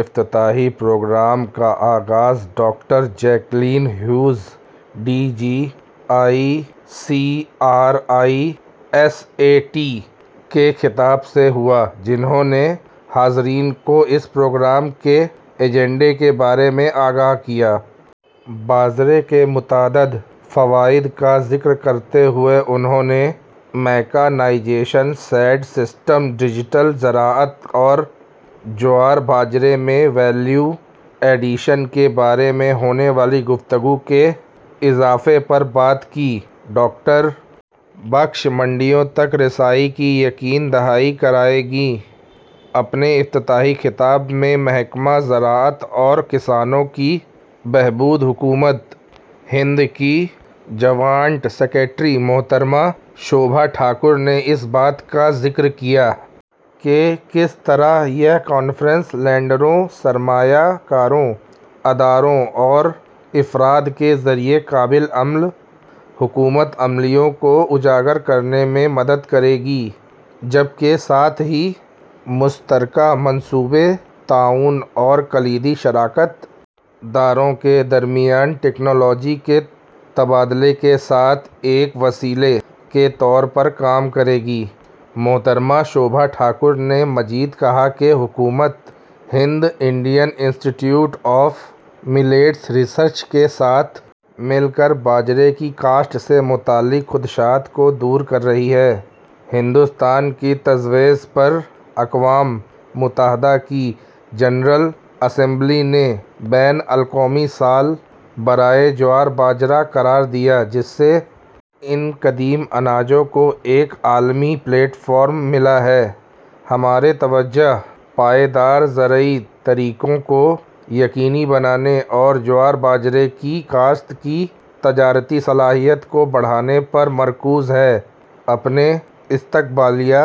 افتتاحی پروگرام کا آغاز doctor Jacqueline Hughes D G I C R I S A T کے خطاب سے ہوا جنہوں نے حاضرین کو اس پروگرام کے ایجنڈے کے بارے میں آگاہ کیا باجرے کے متعدد فوائد کا ذکر کرتے ہوئے انہوں نے میکانائزیشن سیڈ سسٹم ڈیجیٹل زراعت اور جوار باجرے میں ویلیو ایڈیشن کے بارے میں ہونے والی گفتگو کے اضافے پر بات کی ڈاکٹر بخش منڈیوں تک رسائی کی یقین دہانی کرائے گی اپنے افتتاحی خطاب میں محکمہ زراعت اور کسانوں کی بہبود حکومت ہند کی جوائنٹ سکریٹری محترمہ شوبھا ٹھاکر نے اس بات کا ذکر کیا کہ کس طرح یہ کانفرنس لیڈروں سرمایہ کاروں اداروں اور افراد کے ذریعہ قابل عمل حکمت عملیوں کو اجاگر کرنے میں مدد کرے گی جبکہ ساتھ ہی مشترکہ منصوبے تعاون اور کلیدی شراکت داروں کے درمیان ٹیکنالوجی کے تبادلے کے ساتھ ایک وسیلے کے طور پر کام کرے گی محترمہ شوبھا ٹھاکر نے مزید کہا کہ حکومت Hind Indian Institute of Millets Research کے ساتھ مل کر باجرے کی کاشت سے متعلق خدشات کو دور کر رہی ہے ہندوستان کی تجویز پر اقوام متحدہ کی جنرل اسمبلی نے بین الاقوامی سال برائے جوار باجرہ قرار دیا جس سے ان قدیم اناجوں کو ایک عالمی پلیٹ فارم ملا ہے ہماری توجہ پائیدار زرعی طریقوں کو یقینی بنانے اور جوار باجرے کی کاشت کی تجارتی صلاحیت کو بڑھانے پر مرکوز ہے اپنے استقبالیہ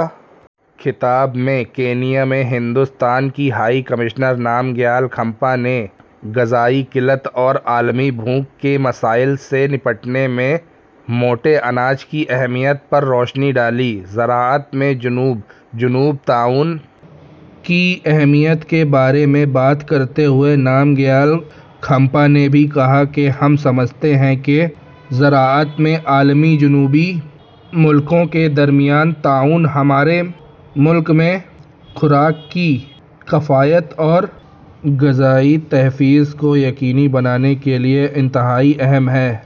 خطاب میں کینیا میں ہندوستان کی ہائی کمشنر نمگیا کھمپا نے غذائی قلت اور عالمی بھوک کے مسائل سے نمٹنے میں موٹے اناج کی اہمیت پر روشنی ڈالی زراعت میں جنوب جنوب تعاون کی اہمیت کے بارے میں بات کرتے ہوئے نمگیا کھمپا نے بھی کہا کہ ہم سمجھتے ہیں کہ زراعت میں عالمی جنوبی ممالک کے درمیان تعاون ہمارے ممالک میں خوراک کی کفایت اور غذائی تحفظ کو یقینی بنانے کے لیے انتہائی اہم ہے